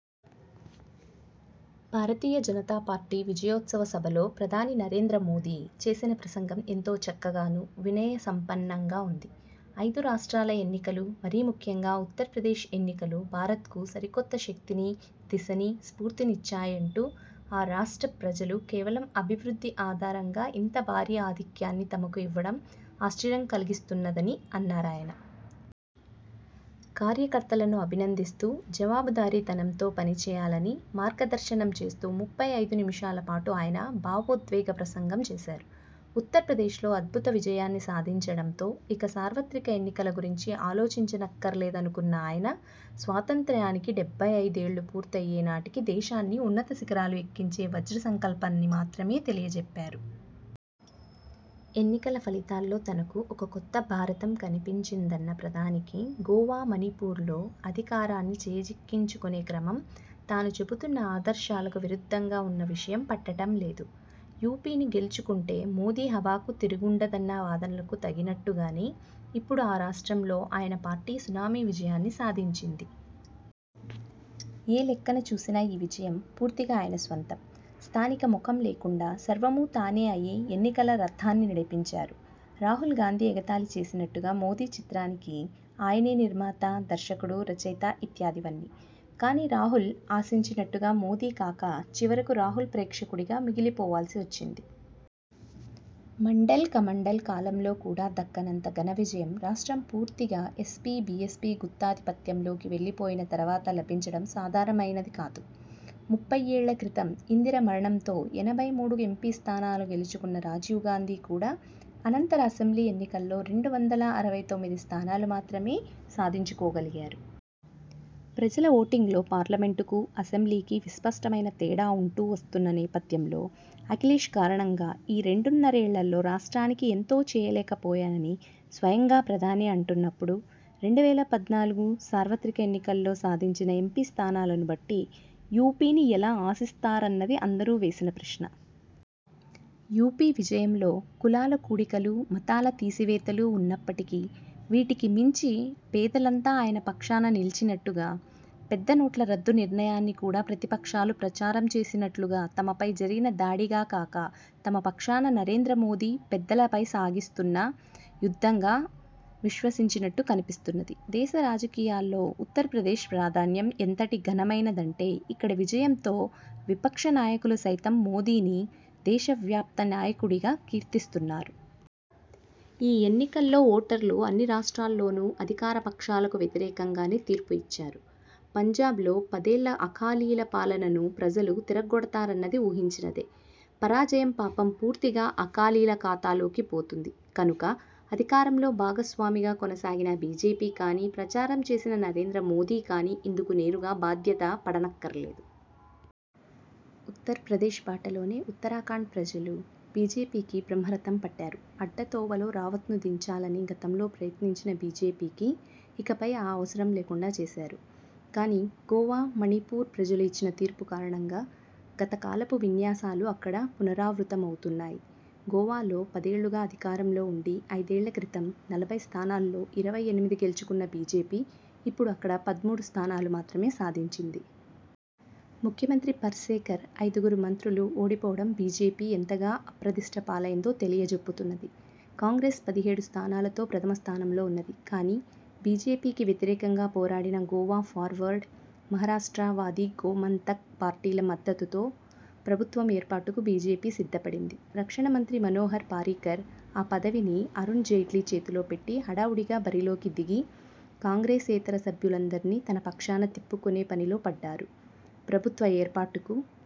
భారతీయ జనతాపార్టీ విజయోత్సవ సభలో ప్రధాని నరేంద్రమోదీ చేసిన ప్రసంగం ఎంతో చక్కగానూ, వినయసంపన్నంగా ఉంది. ఐదు రాష్ట్రాల ఎన్నికలు, మరీ ముఖ్యంగా ఉత్తరప్రదేశ్ ఎన్నికలు భారత్కు సరికొత్త శక్తినీ, దిశనీ, స్ఫూర్తినిచ్చాయంటూ, ఆ రాష్ట్ర ప్రజలు కేవలం అభివృద్ధి ఆధారంగా ఇంత భారీ ఆధిక్యాన్ని తమకు ఇవ్వడం ఆశ్చర్యం కలిగిస్తున్నదని అన్నారాయన. కార్యకర్తలను అభినందిస్తూ, జవాబుదారీ తనంతో పనిచేయాలని మార్గదర్శనంచేస్తూ ముప్పై ఐదునిముషాలపాటు ఆయన భావోద్వేగ ప్రసంగం చేశారు. ఉత్తరప్రదేశ్లో అద్భుత విజయాన్ని సాధించడంతో, ఇక సార్వత్రిక ఎన్నికల గురించి ఆలోచించనక్కరలేదనుకున్న ఆయన, స్వాతంత్ర్యానికి డెబ్బై ఐదు ఏళ్ళు పూర్తయ్యే నాటికి దేశాన్ని ఉన్నతశిఖరాలు ఎక్కించే వజ్రసంకల్పాన్ని మాత్రమే తెలియచెప్పారు. ఎన్నికల ఫలితాల్లో తనకు ఒక కొత్త భారతం కనిపించిదన్న ప్రధానికి, గోవా, మణిపూర్లో అధికారాన్ని చేజిక్కించుకొనే క్రమం తాను చెబుతున్న ఆదర్శాలకు విరుద్ధంగా ఉన్న విషయం పట్టడం లేదు. యూపీని గెలుచుకుంటే మోదీ హవాకు తిరుగుండదన్న వాదనలకు తగినట్టుగానే, ఇప్పుడు ఆ రాష్ట్రంలో ఆయన పార్టీ సునామీ విజయాన్ని సాధించింది. ఏ లెక్కన చూసినా ఈ విజయం పూర్తిగా ఆయన స్వంతం. స్థానిక మొఖం లేకుండా సర్వమూ తానే అయి ఎన్నికల రథాన్ని నడిపించారు. రాహుల్ గాంధీ ఎగతాళి చేసినట్టుగా, మోదీ చిత్రానికి ఆయనే నిర్మాత, దర్శకుడు, రచయిత ఇత్యాదివన్నీ. కానీ, రాహుల్ ఆశించినట్టుగా మోదీకాక చివరకు రాహుల్ ప్రేక్షకుడిగా మిగిలిపోవాల్సి వచ్చింది. మండల్–కమండల్ కాలంలో కూడా దక్కనంత ఘనవిజయం రాష్ట్రం పూర్తిగా ఎస్పీ బీఎస్పీ గుత్తాధిపత్యంలోకి వెళ్లిపోయిన తరువాత లభించడం సాధారణమైనది కాదు. ముప్పయ్యేళ్ళక్రితం ఇందిర మరణంతో ఎనభై మూడు ఎంపీస్థానాలు గెలుచుకున్న రాజీవ్ గాంధీ కూడా అనంతర అసెంబ్లీ ఎన్నికల్లో రెండు వందల అరవై తొమ్మిది స్థానాలు మాత్రమే సాధించుకోగలిగారు. ప్రజల ఓటింగ్లో పార్లమెంటుకూ, అసెంబ్లీకీ విస్పష్టమైన తేడా ఉంటూ వస్తున్న నేపథ్యంలో, అఖిలేశ్ కారణంగా ఈ రెండున్నరేళ్ళ లో రాష్ట్రానికి ఎంతో చేయలేకపోయానని స్వయంగా ప్రధానే అంటున్నప్పుడు, రెండు వేల పద్నాలుగుసార్వత్రిక ఎన్నికల్లో సాధించిన ఎంపీస్థానాలను బట్టి యూపీని ఎలా ఆశిస్తారన్నది అందరూ వేసిన ప్రశ్న. యూపీ విజయంలో కులాల కూడికలూ మతాల తీసివేతలూ ఉన్నప్పటికీ, వీటికి మించి పేదలంతా ఆయన పక్షాన నిలిచినట్టుగా, పెద్దనోట్ల రద్దు నిర్ణయాన్ని కూడా ప్రతిపక్షాలు ప్రచారం చేసినట్లుగా తమపై జరిగిన దాడిగా కాక, తమపక్షాన నరేంద్రమోదీ పెద్దలపై సాగిస్తున్న యుద్ధంగా విశ్వసించినట్లు కనిపిస్తున్నది. దేశరాజకీయాల్లో ఉత్తరప్రదేశ్ ప్రాధాన్యం ఎంతటి ఘనమైనదంటే, ఇక్కడి విజయంతో విపక్షనాయకులు సైతం మోదీని దేశవ్యాప్త నాయకుడిగా కీర్తిస్తున్నారు. ఈ ఎన్నికల్లో ఓటర్లు అన్ని రాష్ట్రాల్లోనూ అధికారపక్షాలకు వ్యతిరేకంగానే తీర్పు ఇచ్చారు. పంజాబ్లో పదేళ్ళ అకాలీల పాలనను ప్రజలు తిరగ్గొడతారన్నది ఊహించినదే. పరాజయం పాపం పూర్తిగా అకాలీల ఖాతాలోకి పోతుంది కనుక, అధికారంలో భాగస్వామిగా కొనసాగిన బీజేపీ కానీ, ప్రచారం చేసిన నరేంద్రమోదీ కానీ ఇందుకు నేరుగా బాధ్యత పడనక్కరలేదు. ఉత్తరప్రదేశ్ బాటలోనే ఉత్తరాఖండ్ ప్రజలు బీజేపీకి బ్రహ్మరథం పట్టారు. అడ్డతోవలో రావత్ను దించాలని గతంలో ప్రయత్నించిన బీజేపీకి ఇకపై ఆ అవసరం లేకుండా చేశారు. కానీ, గోవా, మణిపూర్ ప్రజలు ఇచ్చిన తీర్పు కారణంగా గతకాలపు విన్యాసాలు అక్కడ పునరావృతమవుతున్నాయి. గోవాలో పదేళ్ళుగా అధికారంలో ఉండి, ఐదేళ్ళక్రితం నలభై స్థానాల్లో ఇరవై ఎనిమిది గెలుచుకున్న బీజేపీ ఇప్పుడు అక్కడ పదమూడు స్థానాలు మాత్రమే సాధించింది. ముఖ్యమంత్రి పర్సేకర్, ఐదుగురు మంత్రులు ఓడిపోవడం బీజేపీ ఎంతగా అప్రదిష్టపాలైందో తెలియచెబుతున్నది. కాంగ్రెస్ పదిహేడు స్థానాలతో ప్రథమస్థానంలో ఉన్నది. కానీ, బీజేపీకి వ్యతిరేకంగా పోరాడిన గోవా ఫార్వర్డ్, మహారాష్ట్రవాదీ గోమంతక్ పార్టీల మద్దతుతో ప్రభుత్వం ఏర్పాటుకు బీజేపీ సిద్ధపడింది. రక్షణమంత్రి మనోహర్ పారీకర్ ఆ పదవిని అరుణ్జైట్లీ చేతుల్లో పెట్టి హడావుడిగా బరిలోకి దిగి, కాంగ్రెసేతర సభ్యులందరినీ తనపక్షాన తిప్పుకొనే పనిలో పడ్డారు. ప్రభుత్వ ఏర్పాటుకు